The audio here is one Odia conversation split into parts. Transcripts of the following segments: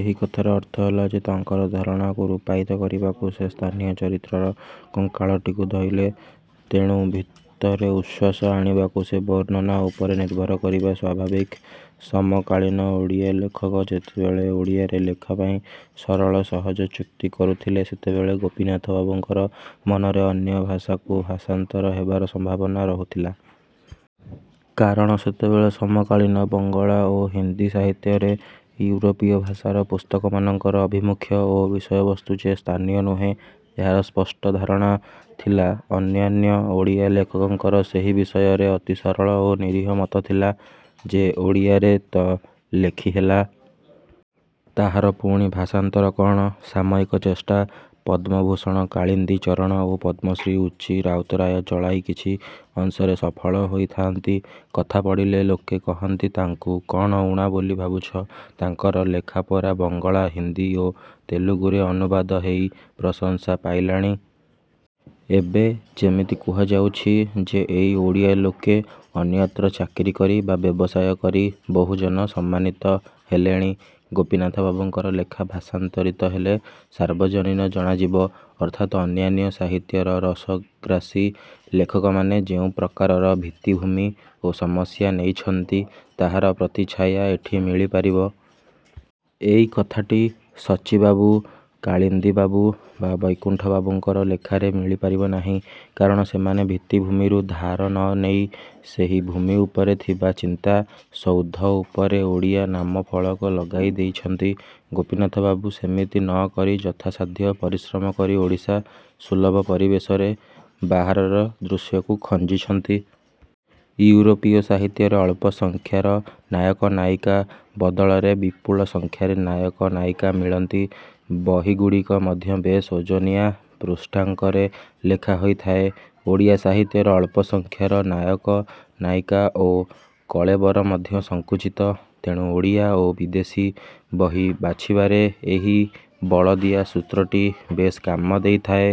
ଏହି କଥାର ଅର୍ଥ ହେଲା ଯେ ତାଙ୍କର ଧାରଣାକୁ ରୂପାୟିତ କରିବାକୁ ସେ ସ୍ଥାନୀୟ ଚରିତ୍ରର କଙ୍କାଳଟିକୁ ଧଇଲେ। ତେଣୁ ଭିତରେ ଉଚ୍ଛ୍ୱାସ ଆଣିବାକୁ ସେ ବର୍ଣ୍ଣନା ଉପରେ ନିର୍ଭର କରିବା ସ୍ୱାଭାବିକ। ସମକାଳୀନ ଓଡ଼ିଆ ଲେଖକ ଯେତେବେଳେ ଓଡ଼ିଆରେ ଲେଖା ପାଇଁ ସରଳ ସହଜ ଚୁକ୍ତି କରୁଥିଲେ ସେତେବେଳେ ଗୋପୀନାଥ ବାବୁଙ୍କର ମନରେ ଅନ୍ୟ ଭାଷାକୁ ଭାଷାନ୍ତର ହେବାର ସମ୍ଭାବନା ରହୁଥିଲା। କାରଣ ସେତେବେଳେ ସମକାଳୀନ ବଙ୍ଗଳା ଓ ହିନ୍ଦୀ ସାହିତ୍ୟରେ ୟୁରୋପୀୟ ଭାଷାର ପୁସ୍ତକମାନଙ୍କର ଆଭିମୁଖ୍ୟ ଓ ବିଷୟବସ୍ତୁ ଯେ ସ୍ଥାନୀୟ ନୁହେଁ-ଏହାର ସ୍ପଷ୍ଟ ଧାରଣା ଥିଲା। ଅନ୍ୟାନ୍ୟ ଓଡ଼ିଆ ଲେଖକଙ୍କର ସେହି ବିଷୟରେ ଅତି ସରଳ ଓ ନିରିହ ମତ ଥିଲା ଯେ ଓଡ଼ିଆରେ ତ ଲେଖି ହେଲା। ତାହାର ପୁଣି ଭାଷାନ୍ତର କ'ଣ? ସାମୟିକ ଚେଷ୍ଟା ପଦ୍ମଭୂଷଣ କାଳିନ୍ଦୀ ଚରଣ ଓ ପଦ୍ମଶ୍ରୀ ସଚ୍ଚି ରାଉତରାୟ ଚଳାଇ କିଛି ଅଂଶରେ ସଫଳ ହେଇଥାନ୍ତି। କଥା ପଡ଼ିଲେ ଲୋକେ କହନ୍ତି-ତାଙ୍କୁ କ'ଣ ଊଣା ବୋଲି ଭାବୁଛ? ତାଙ୍କର ଲେଖା ପରା ବଙ୍ଗଳା, ହିନ୍ଦୀ ଓ ତେଲୁଗୁରେ ଅନୁବାଦ ହେଇ ପ୍ରଶଂସା ପାଇଲାଣି। ଏବେ ଯେମିତି କୁହାଯାଉଛି ଯେ ଏଇ ଓଡ଼ିଆ ଲୋକେ ଅନ୍ୟତ୍ର ଚାକିରି କରି ବା ବ୍ୟବସାୟ କରି ବହୁଜନ ସମ୍ମାନିତ ହେଲେଣି। ଗୋପୀନାଥ ବାବୁଙ୍କର ଲେଖା ଭାଷାନ୍ତରିତ ହେଲେ ସାର୍ବଜନୀନ ଜଣାଯିବ। ଅର୍ଥାତ୍ ଅନ୍ୟାନ୍ୟ ସାହିତ୍ୟର ରସଗ୍ରାସୀ ଲେଖକମାନେ ଯେଉଁ ପ୍ରକାରର ଭିତ୍ତିଭୂମି ଓ ସମସ୍ୟା ନେଇଛନ୍ତି ତାହାର ପ୍ରତିଚ୍ଛାୟା ଏଠି ମିଳି ପାରିବ। ଏଇ କଥାଟି ସଚ୍ଚିବାବୁ, କାଳିନ୍ଦୀବାବୁ ବା ବୈକୁଣ୍ଠବାବୁଙ୍କର ଲେଖାରେ ମିଳିପାରିବ ନାହିଁ। କାରଣ ସେମାନେ ଭିତ୍ତିଭୂମିରୁ ଧାର ନ ନେଇ ସେହି ଭୂମି ଉପରେ ଥିବା ଚିନ୍ତା-ସୌଧ ଉପରେ ଓଡ଼ିଆ ନାମଫଳକ ଲଗାଇ ଦେଇଛନ୍ତି। ଗୋପୀନାଥବାବୁ ସେମିତି ନ କରି ଯଥାସାଧ୍ୟ ପରିଶ୍ରମ କରି ଓଡ଼ିଶା-ସୁଲଭ ପରିବେଶରେ ବାହାରର ଦୃଶ୍ୟକୁ ଖଞ୍ଜିଛନ୍ତି। ୟୁରୋପୀୟ ସାହିତ୍ୟରେ ଅଳ୍ପ ସଂଖ୍ୟାର ନାୟକ ନାୟିକା ବଦଳରେ ବିପୁଳ ସଂଖ୍ୟାରେ ନାୟକ ନାୟିକା। ମିଳନ୍ତି। ବହିଗୁଡ଼ିକ ମଧ୍ୟ ବେଶ୍ ଓଜନିଆ ପୃଷ୍ଠାଙ୍କରେ ଲେଖା ହୋଇଥାଏ। ଓଡ଼ିଆ ସାହିତ୍ୟରେ ଅଳ୍ପ ସଂଖ୍ୟାର ନାୟକ ନାୟିକା ଓ କଳେବର ମଧ୍ୟ ସଙ୍କୁଚିତ। ତେଣୁ ଓଡ଼ିଆ ଓ ବିଦେଶୀ ବହି ବାଛିବାରେ ଏହି ବଳଦିଆ ସୂତ୍ରଟି ବେଶ୍ କାମ ଦେଇଥାଏ।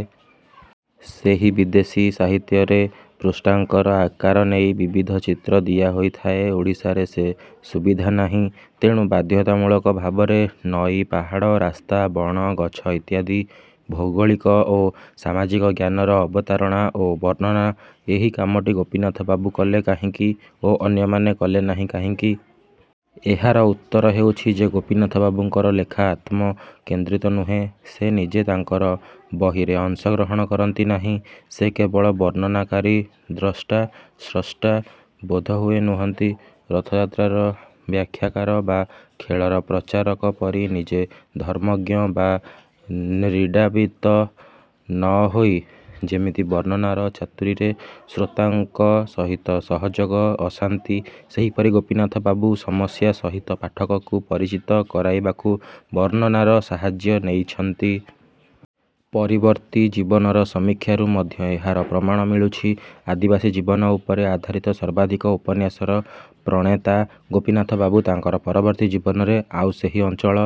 ସେହି ବିଦେଶୀ ସାହିତ୍ୟରେ ପୃଷ୍ଠାଙ୍କର ଆକାର ନେଇ ବିବିଧ ଚିତ୍ର ଦିଆ ହୋଇଥାଏ। ଓଡ଼ିଶାରେ ସେ ସୁବିଧା ନାହିଁ। ତେଣୁ ବାଧ୍ୟତା ମୂଳକ ଭାବରେ ନଈ, ପାହାଡ଼, ରାସ୍ତା, ବଣ, ଗଛ ଇତ୍ୟାଦି ଭୌଗୋଳିକ ଓ ସାମାଜିକ ଜ୍ଞାନର ଅବତାରଣା ଓ ବର୍ଣ୍ଣନା। ଏହି କାମଟି ଗୋପୀନାଥ ବାବୁ କଲେ କାହିଁକି ଓ ଅନ୍ୟମାନେ କଲେ ନାହିଁ କାହିଁକି? ଏହାର ଉତ୍ତର ହେଉଛି ଯେ ଗୋପୀନାଥ ବାବୁଙ୍କର ଲେଖା ଆତ୍ମ-କେନ୍ଦ୍ରିତ ନୁହେଁ। ସେ ନିଜେ ତାଙ୍କର ବହିରେ ଅଂଶ ଗ୍ରହଣ କରନ୍ତି ନାହିଁ। ସେ କେବଳ ବର୍ଣ୍ଣନାକାରୀ ଦ୍ରଷ୍ଟା-ସ୍ରଷ୍ଟା ବୋଧହୁଏ ନୁହନ୍ତି। ରଥଯାତ୍ରାର ବ୍ୟାଖ୍ୟାକାର ବା ଖେଳର ପ୍ରଚାରକ ପରି ନିଜେ ଧର୍ମଜ୍ଞ ବା ନ୍ତ୍ରୀଡ଼ାବୀତ ନ ହୋଇ ଯେମିତି ବର୍ଣ୍ଣନାର ଚାତୁରୀରେ ଶ୍ରୋତାଙ୍କ ସହିତ ସହଯୋଗ ଅଣାନ୍ତି ସେହିପରି ଗୋପୀନାଥ ବାବୁ ସମସ୍ୟା ସହିତ ପାଠକକୁ ପରିଚିତ କରାଇବାକୁ ବର୍ଣ୍ଣନାର ସାହାଯ୍ୟ ନେଇଛନ୍ତି। ପରିବର୍ତ୍ତୀ ଜୀବନର ସମୀକ୍ଷାରୁ ମଧ୍ୟ ଏହାର ପ୍ରମାଣ ମିଳୁଛି। ଆଦିବାସୀ ଜୀବନ ଉପରେ ଆଧାରିତ ସର୍ବାଧିକ ଉପନ୍ୟାସର ପ୍ରଣେତା ଗୋପୀନାଥବାବୁ ତାଙ୍କର ପରବର୍ତ୍ତୀ ଜୀବନରେ ଆଉ ସେହି ଅଞ୍ଚଳ